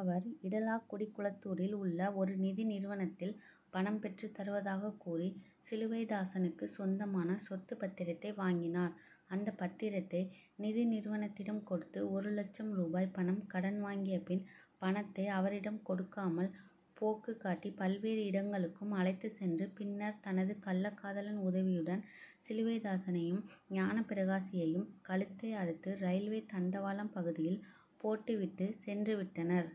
அவர் இடலாக்குடி குளத்தூரில் உள்ள ஒரு நிதி நிறுவனத்தில் பணம் பெற்று தருவதாக கூறி சிலுவைதாசனுக்கு சொந்தமான சொத்து பத்திரத்தை வாங்கினார். அந்த பத்திரத்தை நிதி நிறுவனத்திடம் கொடுத்து ஒரு லட்சம் ரூபாய் பணம் கடன் வாங்கியபின் பணத்தை அவரிடம் கொடுக்காமல் போக்கு காட்டி பல்வேறு இடங்களுக்கும் அழைத்து சென்று பின்னர் தனது கள்ளகாதலன் உதவியுடன் சிலுவைதாசனையும் ஞானபிரகாசியையும் கழுத்தை அறுத்து ரயில்வே தண்டவாளம் பகுதியில் போட்டுவிட்டு சென்றுவிட்டனர்.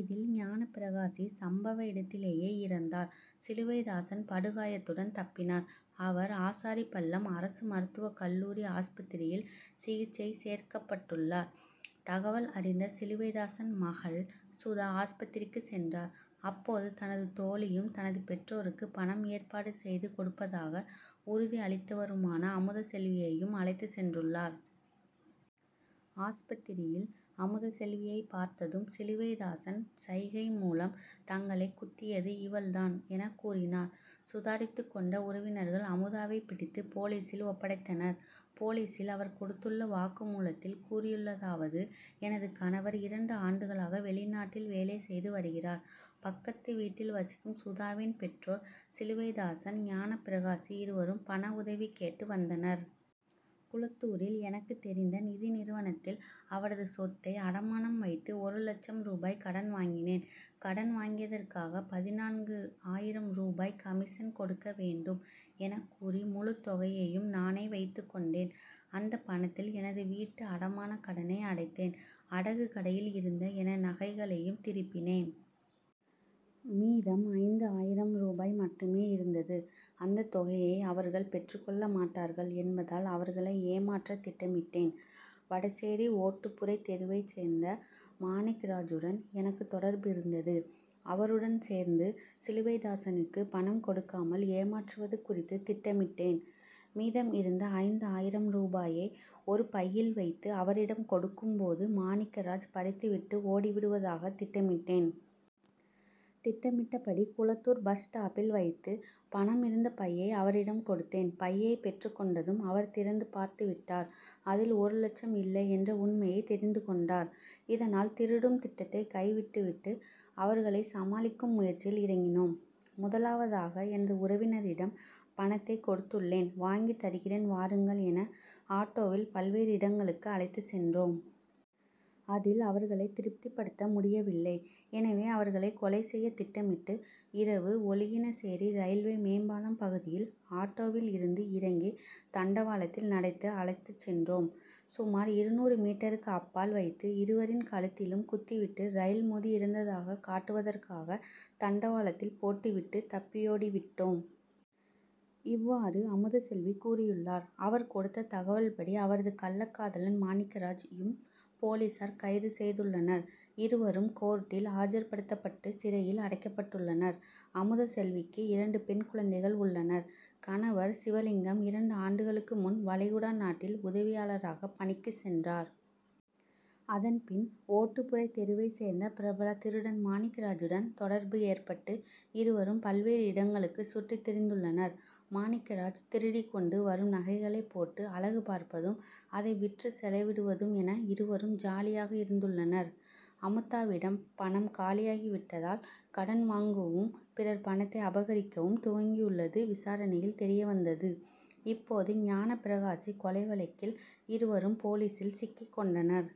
இதில் ஞானபிரகாசி சம்பவ இடத்திலேயே இறந்தார். சிலுவைதாசன் படுகாயத்துடன் தப்பினார். அவர் ஆசாரிபள்ளம் அரசு மருத்துவ கல்லூரி ஆஸ்பத்திரியில் சிகிச்சை சேர்க்கப்பட்டுள்ளார். தகவல் அறிந்த சிலுவைதாசன் மகள் சுதா ஆஸ்பத்திரிக்கு சென்றார். அப்போது தனது தோழியும் தனது பெற்றோருக்கு பணம் ஏற்பாடு செய்து கொடுப்பதாக உறுதி அளித்தவருமான அமுதசெல்வியையும் அழைத்து சென்றுள்ளார். ஆஸ்பத்திரியில் அமுதசெல்வியை பார்த்ததும் சிலுவைதாசன் சைகைமூலம் தங்களை குத்தியது இவள்தான் என கூறினார். சுதாரித்துக்கொண்ட உறவினர்கள் அமுதாவை பிடித்து போலீசில் ஒப்படைத்தனர். போலீசில் அவர் கொடுத்துள்ள வாக்குமூலத்தில் கூறியுள்ளதாவது எனது கணவர் இரண்டு ஆண்டுகளாக வெளிநாட்டில் வேலை செய்து வருகிறார். பக்கத்துவீட்டில் வசிக்கும் சுதாவின் பெற்றோர் சிலுவைதாசன் ஞானபிரகாசி இருவரும் பண உதவி கேட்டு வந்தனர். குளத்தூரில் எனக்கு தெரிந்த நிதி நிறுவனத்தில் அவரது சொத்தை அடமானம் வைத்து ஒரு லட்சம் ரூபாய் கடன் வாங்கினேன். கடன் வாங்கியதற்காக பதினான்கு ஆயிரம் ரூபாய் கமிஷன் கொடுக்க வேண்டும் என கூறி முழு தொகையையும் நானே வைத்துக்கொண்டேன். அந்த பணத்தில் எனது வீட்டு அடமான கடனை அடைத்தேன் அடகு கடையில் இருந்த என நகைகளையும் திருப்பினேன். மீதம் ஐந்து ஆயிரம் ரூபாய் மட்டுமே இருந்தது. அந்த தொகையை அவர்கள் பெற்றுக்கொள்ள மாட்டார்கள் என்பதால் அவர்களை ஏமாற்ற திட்டமிட்டேன். வடசேரி ஓட்டுப்புரை தெருவை சேர்ந்த மாணிக்கராஜூடன் எனக்கு தொடர்பு இருந்தது. அவருடன் சேர்ந்து சிலுவைதாசனுக்கு பணம் கொடுக்காமல் ஏமாற்றுவது குறித்து திட்டமிட்டேன். மீதம் இருந்த ஐந்து ஆயிரம் ரூபாயை ஒரு பையில் வைத்து அவரிடம் கொடுக்கும்போது மாணிக்கராஜ் பறித்துவிட்டு ஓடிவிடுவதாக திட்டமிட்டேன். திட்டமிட்டபடி குளத்தூர் பஸ் ஸ்டாப்பில் வைத்து பணம் இருந்த பையை அவரிடம் கொடுத்தேன். பையை பெற்றுக்கொண்டதும் அவர் திறந்து பார்த்துவிட்டார். அதில் ஒரு லட்சம் இல்லை என்ற உண்மையை தெரிந்துக்கொண்டார். இதனால் திருடும் திட்டத்தை கைவிட்டுவிட்டு அவர்களை சமாளிக்கும் முயற்சியில் இறங்கினோம். முதலாவதாக எனது உறவினரிடம் பணத்தை கொடுத்துள்ளேன் வாங்கி தருகிறேன் வாருங்கள் என ஆட்டோவில் பல்வேறு இடங்களுக்கு அழைத்து சென்றோம். அதில் அவர்களை திருப்திப்படுத்த முடியவில்லை. எனவே அவர்களை கொலை செய்ய திட்டமிட்டு இரவு ஒழுகினசேரி ரயில்வே மேம்பாலம் பகுதியில் ஆட்டோவில் இருந்து இறங்கி தண்டவாளத்தில் நடத்தி அழைத்து சென்றோம். சுமார் இருநூறு மீட்டருக்கு அப்பால் வைத்து இருவரின் கழுத்திலும் குத்திவிட்டு ரயில் மோதி இறந்ததாக காட்டுவதற்காக தண்டவாளத்தில் போட்டுவிட்டு தப்பியோடிவிட்டோம். இவ்வாறு அமுதசெல்வி கூறியுள்ளார். அவர் கொடுத்த தகவல்படி அவரது கள்ளகாதலன் மாணிக்கராஜ் யும் போலீசார் கைது செய்துள்ளனர். இருவரும் கோர்டில் ஆஜர்படுத்தப்பட்டு சிறையில் அடைக்கப்பட்டுள்ளனர். அமுதசெல்விக்கு இரண்டு பெண் குழந்தைகள் உள்ளனர். கணவர் சிவலிங்கம் இரண்டு ஆண்டுகளுக்கு முன் வளைகுடா நாட்டில் உதவியாளராக பணிக்கு சென்றார். அதன்பின் ஓட்டுப்புரை தெருவை சேர்ந்த பிரபல திருடன் மாணிக்கராஜுடன் தொடர்பு ஏற்பட்டு இருவரும் பல்வேறு இடங்களுக்கு சுற்றி திரிந்துள்ளனர். மாணிக்கராஜ் திருடி கொண்டு வரும் நகைகளை போட்டு அழகு பார்ப்பதும் அதை விற்று செலவிடுவதும் என இருவரும் ஜாலியாக இருந்துள்ளனர். அமுத்தாவிடம் பணம் காலியாகிவிட்டதால் கடன் வாங்குவும் பிறர் பணத்தை அபகரிக்கவும் துவங்கியுள்ளது விசாரணையில் தெரியவந்தது. இப்போது ஞானபிரகாசி கொலை வழக்கில் இருவரும் போலீசில் சிக்கிக்கொண்டனர்.